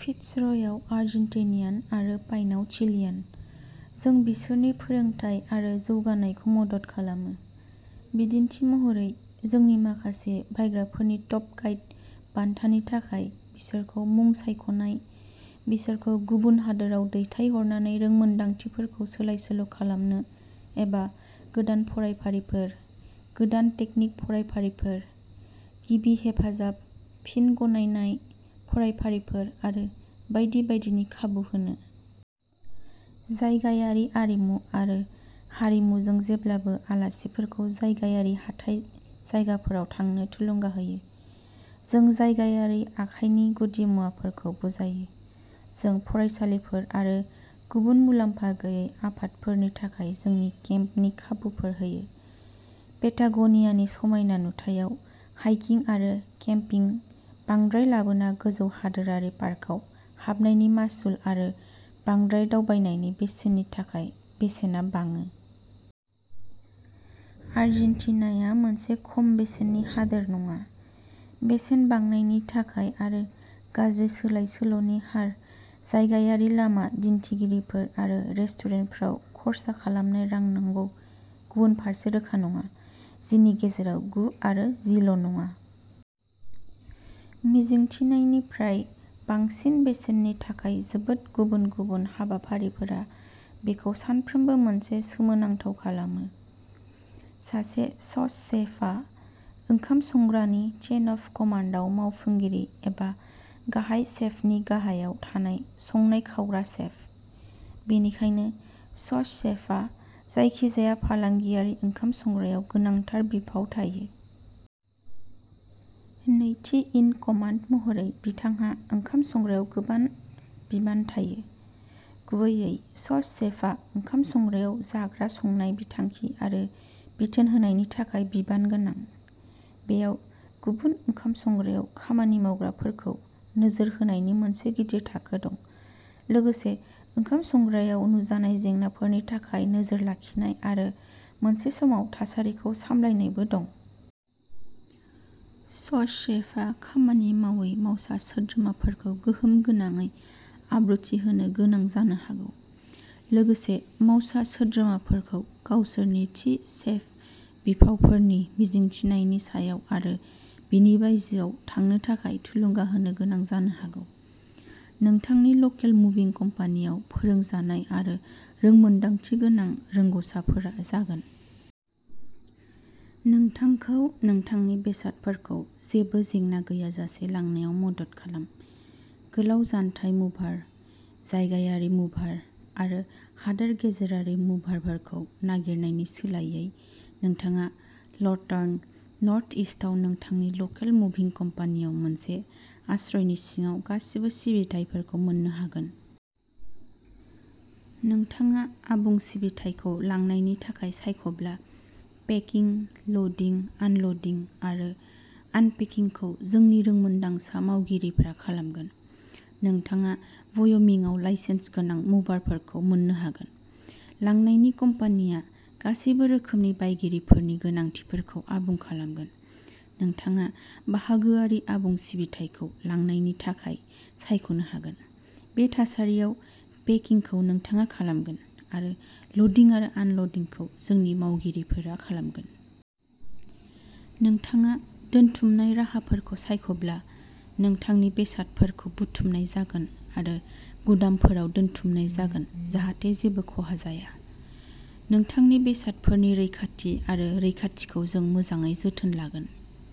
Fitz रयआव Argentinian आरो पाइनआव चिलियान। जों बिसोरनि फोरोंथाय आरो जौगानायखौ मदद खालामो, बिदिन्थि महरै, जोंनि माखासे बायग्राफोरनि टप गाइड बान्थानि थाखाय बिसोरखौ मुं सायख'नाय, बिसोरखौ गुबुन हादोराव दैथायहरनानै रोंमोनदांथिफोरखौ सोलाय सोल' खालामनो एबा गोदान फरायफारिफोर, गोदान तेकनिक फरायफारिफोर, गिबि हेफाजाब फिन गनायनाय फरायफारिफोर आरो बायदि बायदिनि खाबु होनो। जायगायारि आरिमु आरो हारिमुजों जेब्लाबो आलासिफोरखौ जायगायारि हाथाइ जायगाफोराव थांनो थुलुंगा होयो, जों जायगायारि आखाइनि गुदिमुवाफोरखौ बुजायो। जों फरायसालिफोर आरो गुबुन मुलाम्फा गैयै आफादफोरनि थाखाय जोंनि केम्पनि खाबुफोर होयो। पेटागोनियानि समायना नुथायाव हाइकिं आरो केम्पिं बांद्राय लाबोना गोजौ हादोरारि पार्कआव हाबनायनि मासुल आरो बांद्राय दावबायनायनि बेसेननि थाखाय बेसेना बाङो। आर्जेन्टिनाया मोनसे खम बेसेननि हादोर नङा, बेसेन बांनायनि थाखाय आरो गाज्रि सोलाय सोल'नि हार जायगायारि लामा दिन्थिगिरिफोर आरो रेस्टुरेन्टफोराव खर्सा खालामनाय रां, नंगौ। गुबुन फारसे रोखा नङा। जिनि गेजेराव गु आरो जिल' नङा। मिजिंथिनायनिफ्राय बांसिन बेसेननि थाखाय जोबोद गुबुन गुबुन हाबाफारिफोरा बेखौ सानफ्रोमबो मोनसे सोमोनांथाव खालामो। सासे सौस सेफआ ओंखाम संग्रानि चेन अफ कमान्डआव मावफुंगिरि एबा गाहाय सेफनि गाहायाव थानाय संनाय खावग्रा सेफ। बेनिखायनो, सौस शेफहा जायखिजाया फालांगियारि ओंखाम संग्रायाव गोनांथार बिफाव थायो। नैथि इन कमान्ड महरै, बिथांहा ओंखाम संग्रायाव गोबां बिबान थायो। गुबैयै, सौस शेफआ ओंखाम संग्रायाव जाग्रा संनाय बिथांखि आरो बिथोन होनायनि थाखाय बिबान गोनां। बेयाव गुबुन ओंखाम संग्रायाव खामानि मावग्राफोरखौ नोजोर होनायनि मोनसे गिदिर थाखो दं, लोगोसे ओंखाम संग्रायाव नुजानाय जेंनाफोरनि थाखाय नोजोर लाखिनाय आरो मोनसे समाव थासारिखौ सामलायनायबो दं। सौस शेफआ खामानि मावै मावसा सोद्रोमाफोरखौ गोहोम गोनाङै आब्रुथि होनो गोनां जानो हागौ, लोगोसे मावसा सोद्रोमाफोरखौ गावसोरनिथि सेफ बिफावफोरनि मिजिंथिनायनि सायाव आरो बेनि बायजोआव थांनो थाखाय थुलुंगा होनो गोनां जानो हागौ। नोंथांनि लकेल मुभिं कम्पानीआव, फोरोंजानाय आरो रोंमोनदांथि गोनां रोंग'साफोरा जागोन। नोंथांखौ नोंथांनि बेसादफोरखौ जेबो जेंना गैयाजासे लांनायाव मदद खालाम। गोलाव जानथाय मुभार, जायगायारि मुभार आरो हादोर गेजेरारि मुभारफोरखौ नागिरनायनि सोलायै, नोंथाङा लर्टन, नर्थ इस्थआव नोंथांनि लकेल मुभिं कम्पानीआव मोनसे आश्रयनि सिङाव गासिबो सिबिथाइफोरखौ मोन्नो हागोन। नोंथाङा आबुं सिबिथाइखौ लांनायनि थाखाय सायख'ब्ला, पेकिं, ल'डिं, आनल'डिं आरो आनपेकिंखौ जोंनि रोंमोन्दांसा मावगिरिफोरा खालामगोन। नोंथाङा व'य'मिंआव लाइसेन्स गोनां मुभारफोरखौ मोन्नो हागोन। लांनायनि कम्पानिया गासैबो रोखोमनि बायगिरिफोरनि गोनांथिफोरखौ आबुं खालामगोन। नोंथाङा बाहागोआरि आबुं सिबिथाइखौ लांनायनि थाखाय सायख'नो हागोन, बे थासारियाव पेकिंखौ नोंथाङा खालामगोन आरो ल'डिं आरो आनल'डिंखौ जोंनि मावगिरिफोरा खालामगोन। नोंथाङा दोनथुमनाय राहाफोरखौ सायख'ब्ला, नोंथांनि बेसादफोरखौ बुथुमनाय जागोन आरो गुदामफोराव दोनथुमनाय जागोन जाहाथे जेबो खहा जाया। नोंथांनि बेसादफोरनि रैखाथि आरो रैखाथिखौ जों मोजाङै जोथोन लागोन।